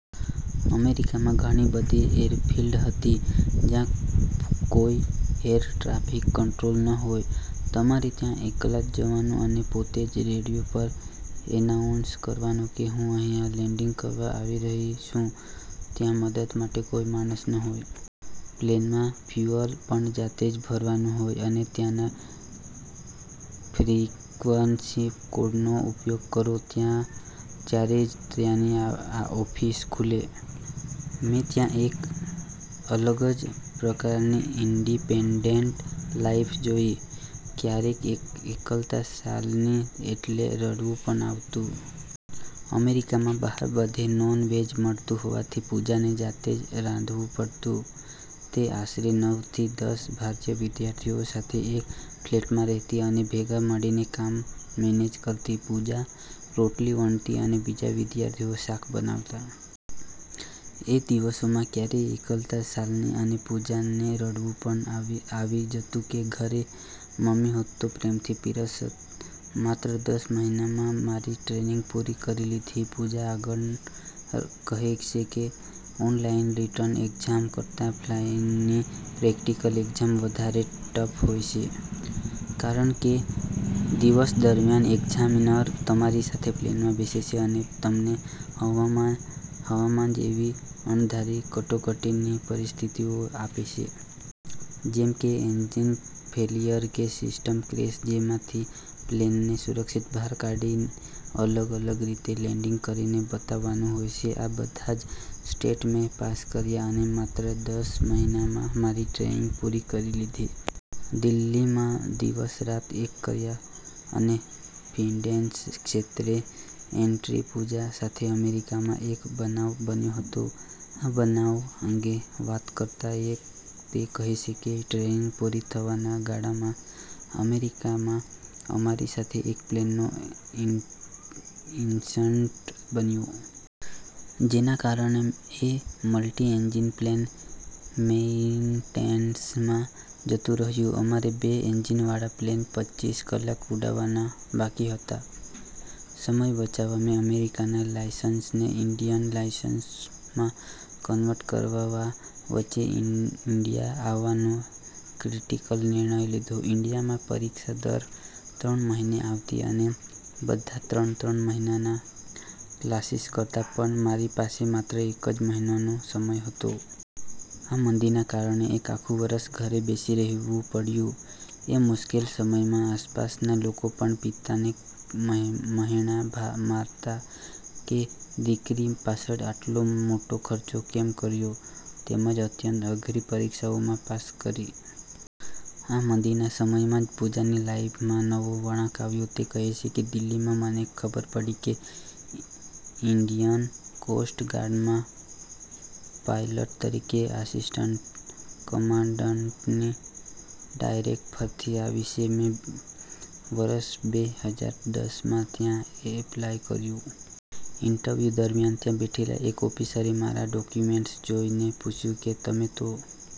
અમેરિકામાં ઘણી બધી એરફિલ્ડ હતી, જ્યાં કોઇ 'એર ટ્રાફિક કંટ્રોલર' ન હોય. તમારે ત્યાં એકલા જવાનું અને પોતે જ રેડિયો પર એનાઉન્સ કરવાનું કે "હું અહીંયા લેન્ડિંગ કરવા આવી રહી છું." ત્યાં મદદ માટે કોઈ માણસ ન હોય. પ્લેનમાં ફ્યૂઅલ પણ જાતે જ ભરવાનું હોય અને ત્યાંના ફ્રિક્વન્સી કોડનો ઉપયોગ કરો ત્યારે જ ત્યાંની ઓફિસ ખુલે. મેં ત્યાં એક અલગ જ પ્રકારની ઇન્ડિપેન્ડન્ટ લાઇફ જોઇ. ક્યારેક એકલતા સાલતી એટલે રડવું પણ આવતું. અમેરિકામાં બહાર બધે નોન-વેજ મળતું હોવાથી પૂજાને જાતે જ રાંધવું પડતું. તે આશરે નવ થી દસ ભારતીય વિદ્યાર્થીઓ સાથે એક ફ્લેટમાં રહેતી, અને ભેગા મળીને કામ મેનેજ કરતી. પૂજા રોટલી વણતી અને બીજા વિદ્યાર્થીઓ શાક બનાવતા. એ દિવસોમાં ક્યારેક એકલતા સાલતી અને પૂજાને રડવું પણ આવી જતું કે ઘરે " મમ્મી હોત તો પ્રેમથી પીરસત. "માત્ર દસ મહિનામાં મારી ટ્રેનિંગ પૂરી કરી લીધી." પૂજા આગળ કહે છે કે, "ઓનલાઇન રિટર્ન એક્ઝામ કરતાં ફ્લાઇંગની પ્રેક્ટિકલ એક્ઝામ વધારે ટફ હોય છે, કારણ કે દિવસ દરમિયાન એક્ઝામિનર તમારી સાથે પ્લેનમાં બેસે છે, અને તમને હવામાં જ એવી અણધારી કટોકટીની પરિસ્થિતિઓ આપે છે. જેમ કે 'એન્જિન ફેલિયર' કે 'સિસ્ટમ ક્રેશ', જેમાંથી પ્લેનને સુરક્ષિત બહાર કાઢી અલગ-અલગ રીતે લેન્ડિંગ કરીને બતાવવાનું હોય છે. આ બધા જ ટેસ્ટ મેં પાસ કર્યા અને માત્ર દસ મહિનામાં મારી ટ્રેનિંગ પૂરી કરી લીધી. દિલ્હીમાં દિવસ-રાત એક કર્યા અને ડિફેન્સ ક્ષેત્રે એન્ટ્રી પૂજા સાથે અમેરિકામાં એક બનાવ બન્યો હતો. આ બનાવ અંગે વાત કરતા તે કહે છે કે, ટ્રેનિંગ પૂરી થવાના ગાળામાં અમેરિકામાં અમારી સાથે એક પ્લેનનો ઇન્સિડન્ટ બન્યો. જેના કારણે એ મલ્ટી-એન્જિન પ્લેન મેઇન્ટેનન્સમાં જતું રહ્યું. અમારે બે એન્જિનવાળા પ્લેન પચ્ચીસ કલાક ઉડાડવવાના બાકી હતા. સમય બચાવવા મેં અમેરિકાના લાયસન્સને ઇન્ડિયન લાયસન્સમાં કન્વર્ટ કરાવવા વચ્ચે ઇન્ડિયા આવવાનો ક્રિટિકલ નિર્ણય લીધો. ઇન્ડિયામાં પરીક્ષા દર ત્રણ મહિને આવતી અને બધા ત્રણ-ત્રણ મહિનાના ક્લાસીસ કરતા, પણ મારી પાસે માત્ર એક જ મહિનાનો સમય હતો. આ મંદીના કારણે એક આખું વર્ષ ઘરે બેસી રહેવું પડ્યું. એ મુશ્કેલ સમયમાં આસપાસના લોકો પણ પિતાને મહેણાં મારતા કે "દીકરી પાછળ આટલો મોટો ખર્ચ કેમ કર્યો?" તેમજ અત્યંત અઘરી પરીક્ષાઓમાં પાસ કરી. આ મંદીના સમયમાં જ પૂજાની લાઇફમાં નવો વળાંક આવ્યો. તે કહે છે કે "દિલ્હીમાં મને ખબર પડી કે ઇન્ડિયન કોસ્ટ ગાર્ડમાં પાયલટ તરીકે આસિસ્ટન્ટ કમાન્ડન્ટની ડાયરેક્ટ ભરતી આવી છે. મેં વર્ષ બે હજાર દસ માં ત્યાં એપ્લાય કર્યું. ઇન્ટરવ્યૂ દરમિયાન ત્યાં બેઠેલા એક ઓફિસરે મારા ડોક્યુમેન્ટ્સ જોઇને પૂછ્યું કે, 'તમે તો